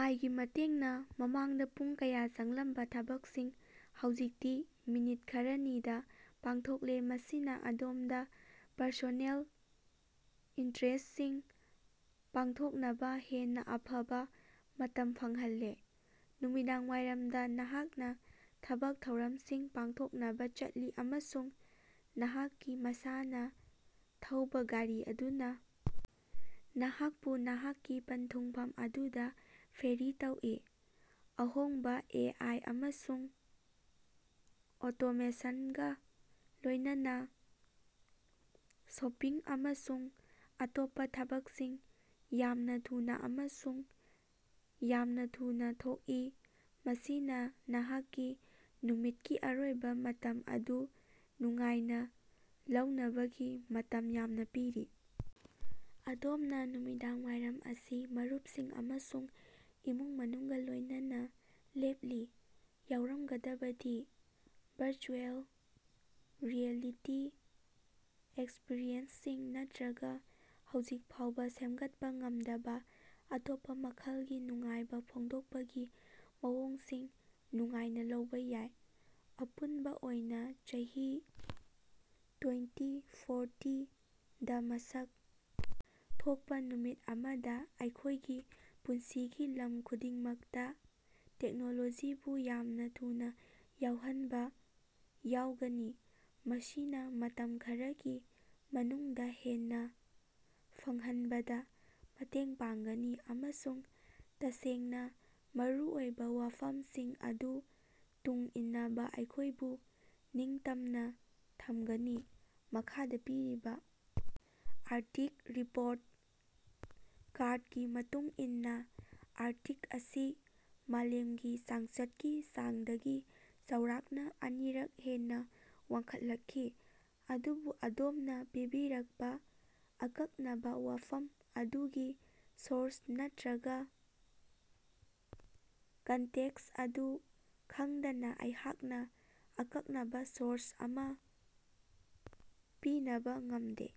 ꯑꯥꯏ ꯒꯤ ꯃꯇꯦꯡꯅ ꯃꯃꯥꯡꯗ ꯄꯨꯡ ꯀꯌꯥ ꯆꯪꯂꯝꯕ ꯊꯕꯛꯁꯤꯡ ꯍꯧꯖꯤꯛꯇꯤ ꯃꯤꯅꯤꯠ ꯈꯔꯅꯤꯗ ꯄꯥꯡꯊꯣꯛꯂꯦ ꯃꯁꯤꯅ ꯑꯗꯣꯝꯗ ꯄꯔꯁꯣꯅꯦꯜ ꯏꯟꯇꯔꯦꯁꯁꯤꯡ ꯄꯥꯡꯊꯣꯛꯅꯕ ꯍꯦꯟꯅ ꯑꯐꯕ ꯃꯇꯝ ꯐꯪꯍꯜꯂꯦ꯫ ꯅꯨꯃꯤꯗꯥꯡꯋꯥꯏꯔꯝꯗ ꯅꯍꯥꯛꯅ ꯊꯕꯛ ꯊꯧꯔꯝꯁꯤꯡ ꯄꯥꯡꯊꯣꯛꯅꯕ ꯆꯠꯂꯤ ꯑꯃꯁꯨꯡ ꯅꯍꯥꯛꯀꯤ ꯃꯁꯥꯅ ꯊꯧꯕ ꯒꯥꯔꯤ ꯑꯗꯨꯅ ꯅꯍꯥꯛꯄꯨ ꯅꯍꯥꯛꯀꯤ ꯄꯟꯊꯨꯡꯐꯝ ꯑꯗꯨꯗ ꯐꯦꯔꯤ ꯇꯧꯏ꯫ ꯑꯍꯣꯡꯕ ꯑꯦ ꯑꯥꯏ ꯑꯃꯁꯨꯡ ꯑꯣꯇꯣꯃꯦꯁꯟꯒ ꯂꯣꯏꯅꯅ ꯁꯣꯄꯤꯡ ꯑꯃꯁꯨꯡ ꯑꯇꯣꯞꯄ ꯊꯕꯛꯁꯤꯡ ꯌꯥꯝꯅ ꯊꯨꯅꯥ ꯑꯃꯁꯨꯡ ꯌꯥꯝꯅ ꯊꯨꯅꯥ ꯊꯣꯛꯏ ꯃꯁꯤꯅ ꯅꯍꯥꯛꯀꯤ ꯅꯨꯃꯤꯠꯀꯤ ꯑꯔꯣꯏꯕ ꯃꯇꯝ ꯑꯗꯨ ꯅꯨꯡꯉꯥꯏꯅ ꯂꯧꯅꯕꯒꯤ ꯃꯇꯝ ꯌꯥꯝꯅ ꯄꯤꯔꯤ꯫ ꯑꯗꯣꯝꯅ ꯅꯨꯃꯤꯗꯥꯡꯋꯥꯏꯔꯝ ꯑꯁꯤ ꯃꯔꯨꯞꯁꯤꯡ ꯑꯃꯁꯨꯡ ꯏꯃꯨꯡ ꯃꯅꯨꯡꯒ ꯂꯣꯏꯅꯅ ꯂꯦꯞꯂꯤ ꯌꯥꯎꯔꯝꯒꯗꯕꯗꯤ ꯚꯔꯆꯨꯑꯦꯜ ꯔꯤꯌꯦꯂꯤꯇꯤ ꯑꯦꯛꯁꯄꯔꯤꯌꯦꯟꯁꯁꯤꯡ ꯅꯠꯇ꯭ꯔꯒ ꯍꯧꯖꯤꯛ ꯐꯥꯎꯕ ꯁꯦꯝꯒꯠꯄ ꯉꯝꯗꯕ ꯑꯇꯣꯞꯄ ꯃꯈꯜꯒꯤ ꯅꯨꯡꯉꯥꯏꯕ ꯐꯣꯡꯗꯣꯛꯄꯒꯤ ꯃꯑꯣꯡꯁꯤꯡ ꯅꯨꯡꯉꯥꯏꯅ ꯂꯧꯕ ꯌꯥꯏ꯫ ꯑꯄꯨꯟꯕ ꯑꯣꯏꯅ ꯆꯍꯤ ꯇꯣꯏꯟꯇꯤ ꯐꯣꯔꯇꯤ ꯗ ꯃꯁꯛ ꯊꯣꯛꯄ ꯅꯨꯃꯤꯠ ꯑꯃꯗ ꯑꯩꯈꯣꯏꯒꯤ ꯄꯨꯟꯁꯤꯒꯤ ꯂꯝ ꯈꯨꯗꯤꯡꯃꯛꯇ ꯇꯦꯛꯅꯣꯂꯣꯖꯤꯕꯨ ꯌꯥꯝꯅ ꯊꯨꯅꯥ ꯌꯥꯎꯍꯟꯕ ꯌꯥꯎꯒꯅꯤ ꯃꯁꯤꯅ ꯃꯇꯝ ꯈꯔꯒꯤ ꯃꯅꯨꯡꯗ ꯍꯦꯟꯅ ꯐꯪꯍꯟꯕꯗ ꯃꯇꯦꯡ ꯄꯥꯡꯒꯅꯤ ꯑꯃꯁꯨꯡ ꯇꯁꯦꯡꯅ ꯃꯔꯨ ꯑꯣꯏꯕ ꯋꯥꯐꯝꯁꯤꯡ ꯑꯗꯨ ꯇꯨꯡ ꯏꯟꯅꯕ ꯑꯩꯈꯣꯏꯕꯨ ꯅꯤꯡꯇꯝꯅ ꯊꯝꯒꯅꯤ꯫ ꯃꯈꯥꯗ ꯄꯤꯔꯤꯕ ꯑꯥꯔꯇꯤꯛ ꯔꯤꯄꯣꯔꯠ ꯀꯥꯔꯠꯀꯤ ꯃꯇꯨꯡ ꯏꯟꯅ ꯑꯥꯔꯇꯤꯛ ꯑꯁꯤ ꯃꯥꯂꯦꯝꯒꯤ ꯆꯥꯡꯆꯠꯀꯤ ꯆꯥꯡꯗꯒꯤ ꯆꯥꯎꯔꯥꯛꯅ ꯑꯅꯤꯔꯛ ꯍꯦꯟꯅ ꯋꯥꯡꯈꯠꯂꯛꯈꯤ꯫ ꯑꯗꯨꯕꯨ ꯑꯗꯣꯝꯅ ꯄꯤꯕꯤꯔꯛꯄ ꯑꯀꯛꯅꯕ ꯋꯥꯐꯝ ꯑꯗꯨꯒꯤ ꯁꯣꯔꯁ ꯅꯠꯇ꯭ꯔꯒ ꯀꯟꯇꯦꯛꯁ ꯑꯗꯨ ꯈꯪꯗꯅ ꯑꯩꯍꯥꯛꯅ ꯑꯀꯛꯅꯕ ꯁꯣꯔꯁ ꯑꯃ ꯄꯤꯅꯕꯥ ꯉꯝꯗꯦ꯫